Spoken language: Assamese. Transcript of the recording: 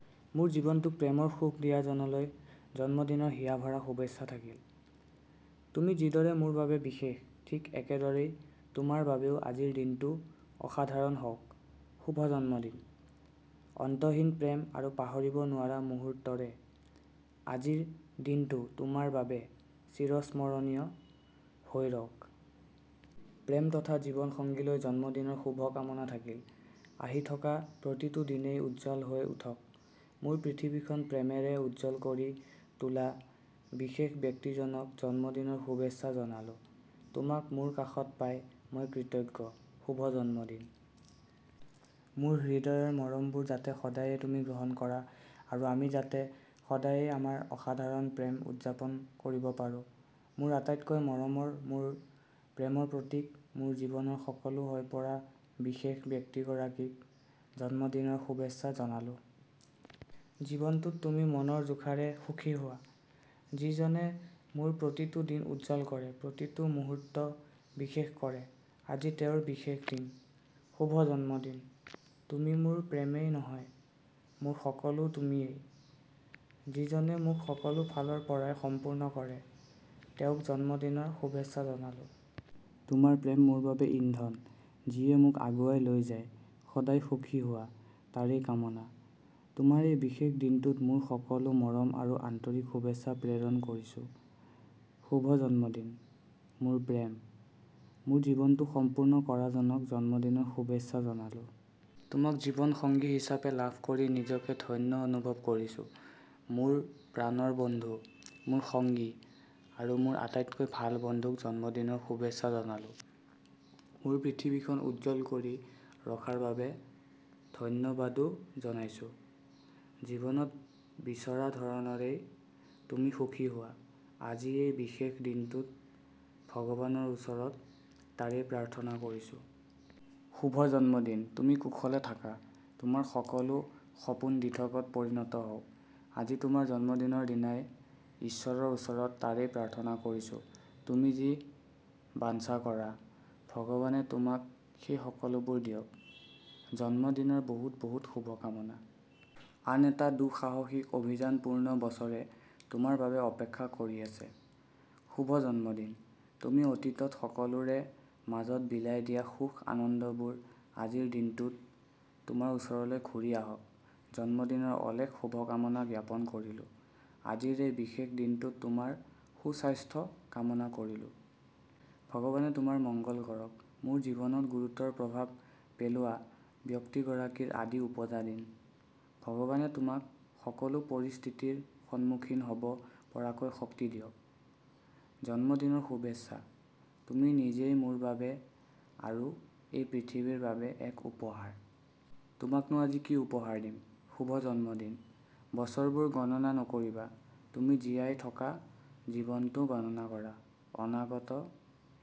মোৰ জীৱনটোক প্ৰেমৰ সুখ দিয়াজনলৈ জন্মদিনৰ হিয়াভৰা শুভেচ্ছা থাকিল। তুমি যিদৰে মোৰ বাবে বিশেষ, ঠিক একেদৰেই তোমাৰ বাবেও আজিৰ দিনটো অসাধাৰণ হওঁক। শুভ জন্মদিন। অন্তহীন প্ৰেম আৰু পাহৰিব নোৱাৰা মুহূৰ্তৰে আজিৰ দিনটো তোমাৰ বাবে চিৰস্মৰণীয় হৈ ৰওঁক। প্ৰেম তথা জীৱন সংগীলৈ জন্মদিনৰ শুভকামনা থাকিল। আহি থকা প্ৰতিটো দিনেই উজ্জ্বল হৈ উঠক। মোৰ পৃথিৱীখন প্ৰেমেৰে উজ্জ্বল কৰি তোলা বিশেষ ব্যক্তিজনক জন্মদিনৰ শুভেচ্ছা জনালো। তোমাক মোৰ কাষত পাই মই কৃতজ্ঞ। শুভ জন্মদিন। মোৰ হৃদয়ৰ মৰমবোৰ যাতে সদায়েই তুমি গ্ৰহণ কৰা আৰু আমি যাতে সদায়েই আমাৰ অসাধাৰণ প্ৰেম উদযাপন কৰিব পাৰো। মোৰ আটাইতকৈ মৰমৰ, মোৰ প্ৰেমৰ প্ৰতীক, মোৰ জীৱনৰ সকলো হৈ পৰা বিশেষ ব্যক্তিগৰাকীক জন্মদিনৰ শুভেচ্ছা জনালো। জীৱনটোত তুমি মনৰ জোখাৰে সুখী হোৱা। যিজনে মোৰ প্ৰতিটো দিন উজ্জ্বল কৰে, প্ৰতিটো মুহূৰ্ত বিশেষ কৰে, আজি তেওঁৰ বিশেষ দিন। শুভ জন্মদিন! তুমি মোৰ প্ৰেমেই নহয়, মোৰ সকলো তুমিয়েই। যিজনে মোক সকলো ফালৰ পৰাই সম্পূৰ্ণ কৰে, তেওঁক জন্মদিনৰ শুভেচ্ছা জনালো। তোমাৰ প্ৰেম মোৰ বাবে ইন্ধন, যিয়ে মোক আগুৱাই লৈ যায়। সদায় সুখী হোৱা, তাৰেই কামনা। তোমাৰ এই বিশেষ দিনটোত মোৰ সকলো মৰম আৰু আন্তৰিক শুভেচ্ছা প্ৰেৰণ কৰিছো। শুভ জন্মদিন, মোৰ প্ৰেম! মোৰ জীৱনটো সম্পূৰ্ণ কৰাজনক জন্মদিনৰ শুভেচ্ছা জনালো। তোমাক জীৱন সংগী হিচাপে লাভ কৰি নিজকে ধন্য অনুভৱ কৰিছো। মোৰ প্ৰাণৰ বন্ধু, মোৰ সংগী আৰু মোৰ আটাইতকৈ ভাল বন্ধুক জন্মদিনৰ শুভেচ্ছা জনালো। মোৰ পৃথিৱীখন উজ্জ্বল কৰি ৰখাৰ বাবে ধন্যবাদো জনাইছো। জীৱনত বিচৰা ধৰণৰেই তুমি সুখী হোৱা, আজি এই বিশেষ দিনটোত ভগৱানৰ ওচৰত তাৰেই প্ৰাৰ্থনা কৰিছো। শুভ জন্মদিন! তুমি কুশলে থাকা। তোমাৰ সকলো সপোন দিঠকত পৰিণত হওঁক। আজি তোমাৰ জন্মদিনৰ দিনাই ইশ্বৰৰ ওচৰত তাৰেই প্ৰাৰ্থনা কৰিছো। তুমি যি বাঞ্চা কৰা, ভগৱানে তোমাক সেই সকলোবোৰ দিয়ক। জন্মদিনৰ বহুত বহুত শুভকামনা। আন এটা দুঃসাহসিক অভিযানপূৰ্ণ বছৰে তোমাৰ বাবে অপেক্ষা কৰি আছে। শুভ জন্মদিন। তুমি অতীতত সকলোৰে মাজত বিলাই দিয়া সুখ-আনন্দবোৰ আজিৰ দিনটোত তোমাৰ ওচৰলৈ ঘূৰি আহক। জন্মদিনৰ অলেখ শুভকামনা জ্ঞাপন কৰিলো। আজিৰ এই বিশেষ দিনটোত তোমাৰ সুস্বাস্থ্য কামনা কৰিলো। ভগৱানে তোমাৰ মংগল কৰক। মোৰ জীৱনত গুৰুতৰ প্ৰভাৱ পেলোৱা ব্যক্তিগৰাকীৰ আদি ওপজা দিন। ভগৱানে তোমাক সকলো পৰিস্থিতিৰ সন্মুখীন হ'ব পৰাকৈ শক্তি দিয়ক। জন্মদিনৰ শুভেচ্ছা! তুমি নিজেই মোৰ বাবে আৰু এই পৃথিৱীৰ বাবে এক উপহাৰ। তোমাকনো আজি কি উপহাৰ দিম! শুভ জন্মদিন। বছৰবোৰ গণনা নকৰিবা, তুমি জীয়াই থকা জীৱনটো গণনা কৰা। অনাগত